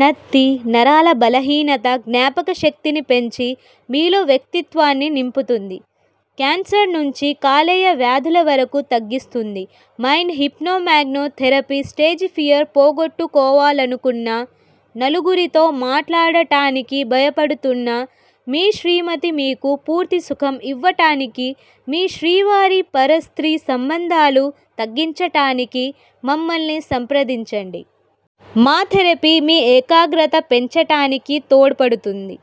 నత్తి, నరాల బలహీనత, జ్ఞాపకశక్తిని పెంచి మీలో వ్యక్తిత్వాన్ని నింపుతుంది. కాన్సర్ నుంచి కాలేయవ్యాధుల వరకూ తగ్గిస్తుంది mind hypno magno therapy stage fear పోగొట్టుకోవాలనుకున్న. నలుగురితో మాట్లాడటానికి భయపడుతున్నా, మీ శ్రీమతి మీకు పూర్తి సుఖం ఇవ్వటానికి, మీ శ్రీవారికి పరస్త్రీ సంబంధాలు తగ్గించటానికి మమ్మల్ని సంప్రదించండి. మా థెరపీ మీ 'ఏకాగ్రత' పెంచటానికి తోడ్పడుతుంది.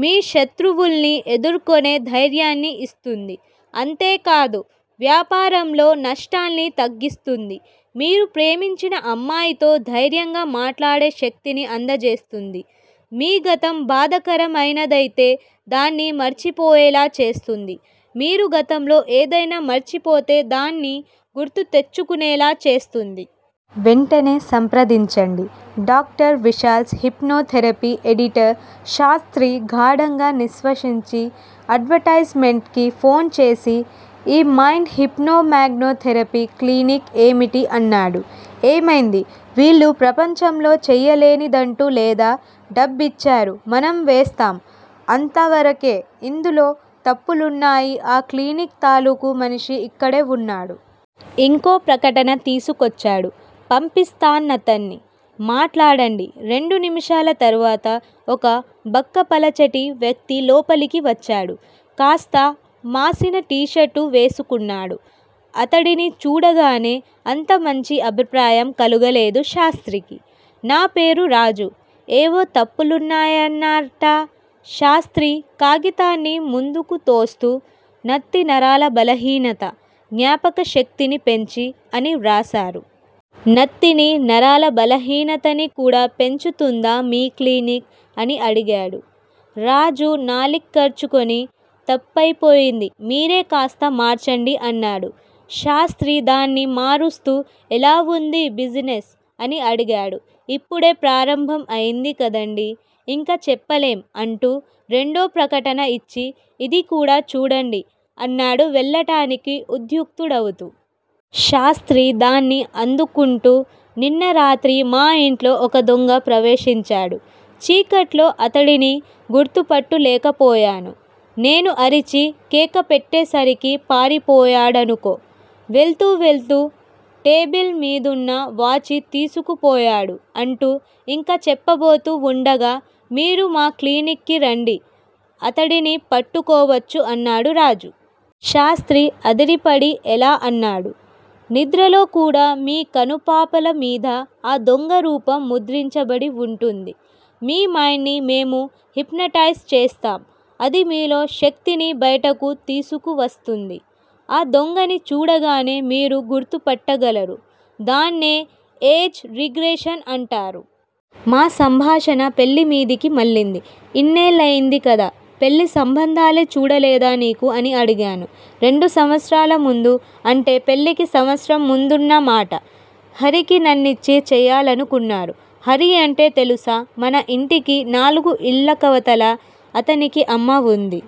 మీ శత్రువుల్ని ఎదుర్కొనే ధైర్యాన్ని ఇస్తుంది. అంతేకాదు. వ్యాపారంలో నష్టాల్ని తగ్గిస్తుంది. మీరు ప్రేమించిన అమ్మాయితో ధైర్యంగా మాట్లాడే శక్తిని అందజేస్తుంది మీ గతం బాధాకరమైనదయితే దాన్ని మర్చిపోయేలా చేస్తుంది. మీరు గతంలో ఏదైనా మర్చిపోతే దాన్ని గుర్తు తెచ్చుకునేలా చేస్తుంది. వెంటనే సంప్రదించండి. Doctor Vishal's hypno therapy editor Shastri గాఢంగా నిశ్వసించి అడ్వర్టయిజ్ మెంట్ కి ఫోన్ చేసి ఈ mind hypno magno therapy clinic ఏమిటి? అన్నాడు. ఏమైంది? వీళ్ళు ప్రపంచంలో చేయలేనిదంటూ లేదా? డబ్బిచ్చారు. మనం వేస్తాం. అంతవరకే. ఇందులో తప్పులున్నాయి ఆ క్లినిక్ తాలూకు మనిషి ఇక్కడే వున్నాడు. ఇంకో ప్రకటన తీసుకొచ్చాడు. పంపిస్తానతన్ని. మాట్లాడండి రెండు నిమిషాల తరువాత ఒక బక్కపలచటి వ్యక్తి లోపలికి వచ్చాడు. కాస్త మాసిన 'టీ షర్టు' వేసుకున్నాడు. అతడిని చూడగానే అంత మంచి అభిప్రాయం కలుగలేదు శాస్త్రికి. నా పేరు రాజు. ఏవో తప్పులున్నాయన్నార్ట శాస్త్రి, కాగితాన్ని ముందుకుతోస్తూ నత్తి నరాల బలహీనత, జ్ఞాపకశక్తిని పెంచి అని వ్రాసారు. నత్తినీ, నరాల బలహీనతని కూడా పెంచుతుందా మీ క్లినిక్? అని అడిగాడు. రాజు నాలిక్కర్చుకుని, తప్పయిపోయింది. మీరే కాస్త మార్చండి అన్నాడు. శాస్త్రి దాన్ని మారుస్తూ ఎలా వుందీ బిజినెస్? అని అడిగాడు. ఇప్పుడే ప్రారంభం అయింది కదండీ. ఇంకా చెప్పలేం అంటూ రెండో ప్రకటన ఇచ్చి ఇది కూడా చూడండి అన్నాడు వెళ్ళటానికి ఉద్యుక్తుడవుతూ. శాస్త్రి దాన్ని అందుకుంటూ నిన్న రాత్రి మా ఇంట్లో ఒక దొంగ ప్రవేశించాడు. చీకట్లో అతడిని గుర్తుపట్టులేకపోయాను. నేను అరిచి కేకపెట్టేసరికి పారిపోయాడనుకో. వెళ్తూ వెళ్తూ టేబిల్ మీదున్న వాచీ తీసుకుపోయాడు అంటూ ఇంకా చెప్పబోతూ వుండగా 'మీరు మా క్లినిక్ కి రండి. అతడిని పట్టుకోవచ్చు' అన్నాడు రాజు. శాస్త్రి అదిరిపడి ఎలా? అన్నాడు. నిద్రలో కూడా మీ కనుపాపల మీద ఆ దొంగ రూపం ముద్రించబడి వుంటుంది. మీ మైండ్ ని మేము హిప్నటైజ్ చేస్తాం. అది మీలో శక్తిని బయటకు తీసుకువస్తుంది. ఆ దొంగని చూడగానే మీరు గుర్తుపట్టగలరు దాన్నే ఏజ్ రిగ్రెషన్ అంటారు. మా సంభాషణ పెళ్ళిమీదికి మళ్ళింది. ఇన్నేళ్ళయింది కదా. పెళ్ళి సంబంధాలే చూడలేదా నీకు? అని అడిగాను. రెండు సంవత్సరాల ముందు, అంటే పెళ్ళికి సంవత్సరం ముందున్న మాట. హరికి నన్నిచ్చి చేయాలనుకున్నారు. హరి అంటే తెలుసా? మన ఇంటికి నాలుగు ఇళ్ళకవతల. అతనికి అమ్మ వుంది.